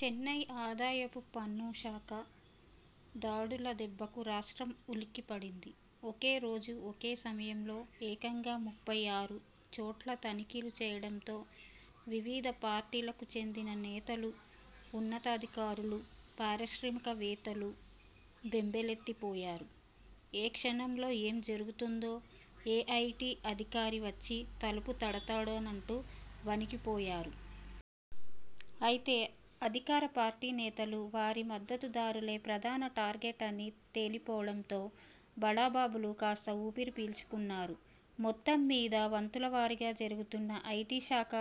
చెన్నై ఆదాయపు పన్నుశాఖ దాడుల దెబ్బకు రాష్ట్రం ఉలిక్కిపడింది. ఒకే రోజు, ఒకే సమయంలో ఏకంగా ముప్పై ఆరు చోట్ల తనిఖీలు చేయడంతో వివిధ పార్టీలకు చెందిన నేతలు, ఉన్నతాధికారులు, పారిశ్రామికవేత్తలు బెంబేలెత్తిపోయారు. ఏ క్షణంలో ఏం జరుగుతుందో, ఏ ఐటీ అధికారి వచ్చి తలుపు తడతాడోనంటూ వణికిపోయారు. అయితే అధికార పార్టీ నేతలు, వారి మద్దతుదారులే ప్రధాన టార్గెట్ అని తేలిపోవడంతో బడాబాబులు కాస్త ఊపిరి పీల్చుకున్నారు. మొత్తం మీద వంతుల వారీగా జరుగుతున్న ఐటీశాఖ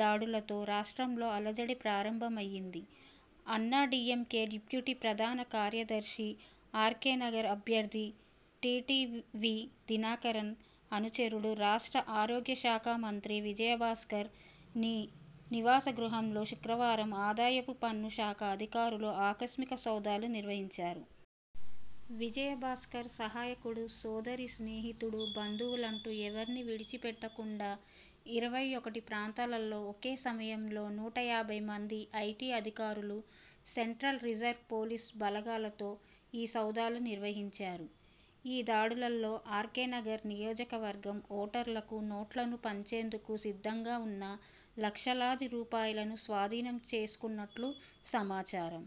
దాడులతో రాష్ట్రంలో అలజడి ప్రారంభమైంది. అన్నాడీఎంకే డిప్యూటీ ప్రధాన కార్యదర్శి, ఆర్కేనగర్ అభ్యర్థి టీటీవీ దినకరన్ అనుచరుడు రాష్ట్ర ఆరోగ్యశాఖ మంత్రి విజయభాస్కర్ నీ నివాసగృహాల్లో శుక్రవారం ఆదాయపు పన్నుశాఖ అధికారులు ఆకస్మిక సోదాలు నిర్వహించారు. విజయభాస్కర్ సహాయకుడు, సోదరి, స్నేహితుడు, బంధువులంటూ ఎవరినీ విడిచిపెట్టకుండా ఇరవై ఒకటి ప్రాంతాల్లో ఒకే సమయంలో నూట యాభై మంది ఐటీ అధికారులు, సెంట్రల్ రిజర్వు పోలీసు బలగాలతో ఈ సోదాలు నిర్వహించారు. ఈ దాడులలో ఆర్కేనగర్ నియోజకవర్గం ఓటర్లకు నోట్లను పంచేందుకు సిద్ధంగా ఉన్న లక్షలాది రూపాయలను స్వాధీనం చేసుకున్నట్టు సమాచారం.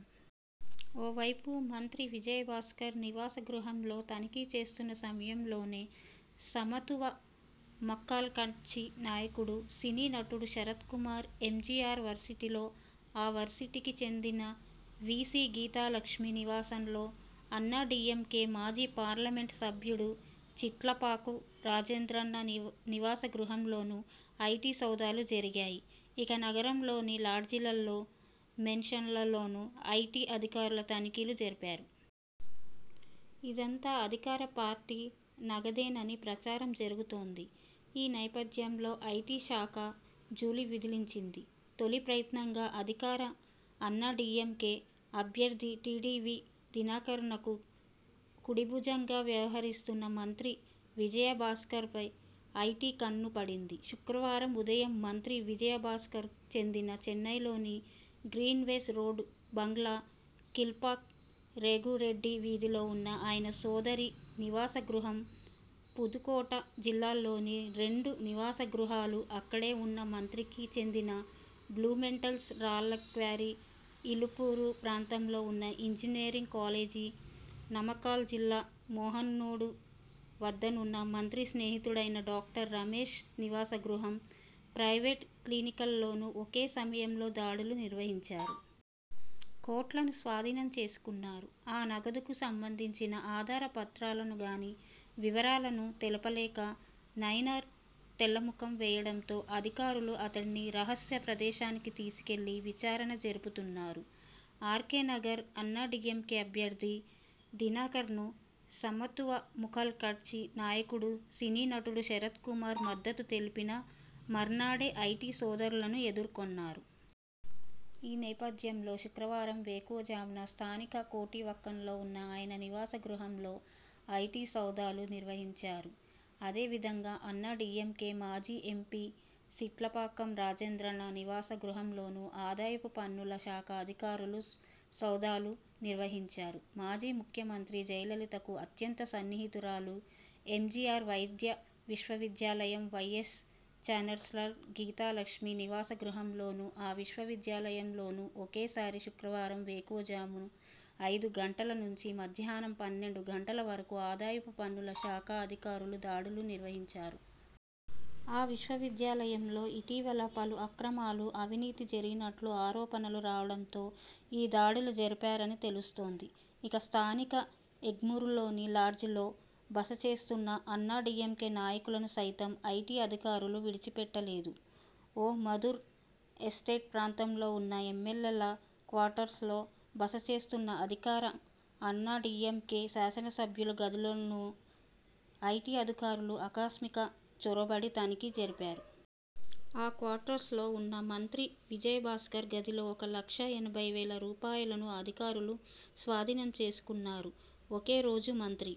ఓ వైపు మంత్రి విజయభాస్కర్ నివాసగృహాల్లో తనిఖీచేస్తున్న సమయంలోనే సమత్తువ మక్కల్ కట్చి నాయకుడు, సినీ నటుడు శరతకుమార్, ఎంజీఆర్ వర్శిటీలో, ఆ వర్శిటీకి చెందిన వీసీ గీతాలక్ష్మి నివాసాల్లో, అన్నాడీఎంకే మాజీ పార్లమెంట్ సభ్యుడు చీట్లపాక్కం రాజేంద్రన నివాసగృహంలోను ఐటీ సోదాలు జరిగాయి. ఇక నగరంలోని లాడ్జీలలో, మేన్షన్ లలోనూ ఐటీ అధికారులు తనిఖీలు జరిపారు. ఇదంతా అధికార పార్టీ నగదేనని ప్రచారం జరుగుతోంది. ఈ నేపథ్యంలో ఐటీ శాఖ జూలు విదిల్చింది. తొలి ప్రయత్నంగా అధికార అన్నాడీఎంకే అభ్యర్థి టీటీవీ దినకరనకు కుడిభుజంగా వ్యవహరిస్తున్న మంత్రి విజయభాస్కర్పై ఐటీ కన్ను పడింది. శుక్రవారం ఉదయం మంత్రి విజయభాస్కర్కు చెందిన చెన్నైలోని గ్రీనవేస్ రోడ్డు బంగ్లా, కీల్పాక్ గెంగురెడ్డి వీధిలో ఉన్న ఆయన సోదరి నివాసగృహం, పుదుకోట జిల్లాలోని రెండు నివాసగృహాలు, అక్కడే వున్న మంత్రికి చెందిన బ్లూమెటల్స్ రాళ్లక్వారీ, ఇలుప్పూరు ప్రాంతంలో ఉన్న ఇంజనీరింగ్ కాలేజీ, నామక్కల్ జిల్లా మోహనూరు వద్దనున్న మంత్రి స్నేహితుడైన డాక్టర్ రమేశ నివాసగృహం, ప్రైవేట్ క్లినిక్లలోనూ ఒకే సమయంలో దాడులు నిర్వహించారు. కోట్లను స్వాధీనం చేసుకున్నారు. ఆ నగదుకు సంబంధించిన ఆధార పత్రాలను గానీ, వివరాలను తెలుపలేక నైనార్ తెల్లముఖం వేయడంతో అధికారులు అతడిని రహస్య ప్రదేశానికి తీసుకెళ్లి విచారణ జరుపుతున్నారు. ఆర్కేనగర్ అన్నాడీఎంకే అభ్యర్థి దినకరన్కు సమత్తువ మక్కల్ కట్చి నాయకుడు సినీనటుడు శరతకుమార్ మద్దతు తెలిపిన మర్నాడే ఐటీ సోదాలను ఎదుర్కొన్నారు. ఈ నేపథ్యంలో శుక్రవారం వేకువజామున స్థానిక కొట్టివాక్కంలో ఉన్న ఆయన నివాసగృహంలో ఐటీ సోదాలు నిర్వహించారు. అదే విధంగా అన్నాడీఎంకే మాజీ ఎంపీ సిట్లపాకం రాజేంద్రన నివాసగృహంలోనూ ఆదాయపు పన్నుల శాఖ అధికారులు సోదాలు నిర్వహించారు. మాజీ ముఖ్యమంత్రి జయలలితకు అత్యంత సన్నిహితురాలు, ఎంజీఆర్ వైద్య విశ్వవిద్యాలయం వైస్ ఛాన్సరల్ గీతాలక్ష్మి నివాసగృహంలోను, ఆ విశ్వవిద్యాలయంలోనూ ఒకేసారి శుక్రవారం వేకువజాము ఐదు గంటల నుంచి మధ్యాహ్నం పన్నెండు గంటల వరకు ఆదాయపు పన్నుల శాఖ అధికారులు దాడులు నిర్వహించారు. ఆ విశ్వవిద్యాలయంలో ఇటీవల పలు అక్రమాలు, అవినీతి జరిగినట్లు ఆరోపణలు రావటంతో ఈ దాడులు జరిపారని తెలుస్తోంది. ఇక స్థానిక ఎగ్మూరులోని లాడ్జీలలో బసచేస్తున్న అన్నాడీఎంకే నాయకులను సైతం ఐటీ అధికారులు విడిచిపెట్టలేదు. ఓమందూర్ ఎస్టేట్ ప్రాంతంలో ఉన్న ఎమ్మెల్యేల క్వార్టర్స్లో బసచేస్తున్న అధికార అన్నాడీఎంకే శాసనసభ్యుల గదులలోనూ ఐటీ అధికారులు ఆకస్మికంగా చొరబడి తనిఖీ జరిపారు. ఆ క్వార్టర్స్లో ఉన్న మంత్రి విజయభాస్కర్ గదిలో ఒక లక్ష ఎనభై వేల రూపాయలను అధికారులు స్వాధీనం చేసుకున్నారు. ఒకే రోజు మంత్రి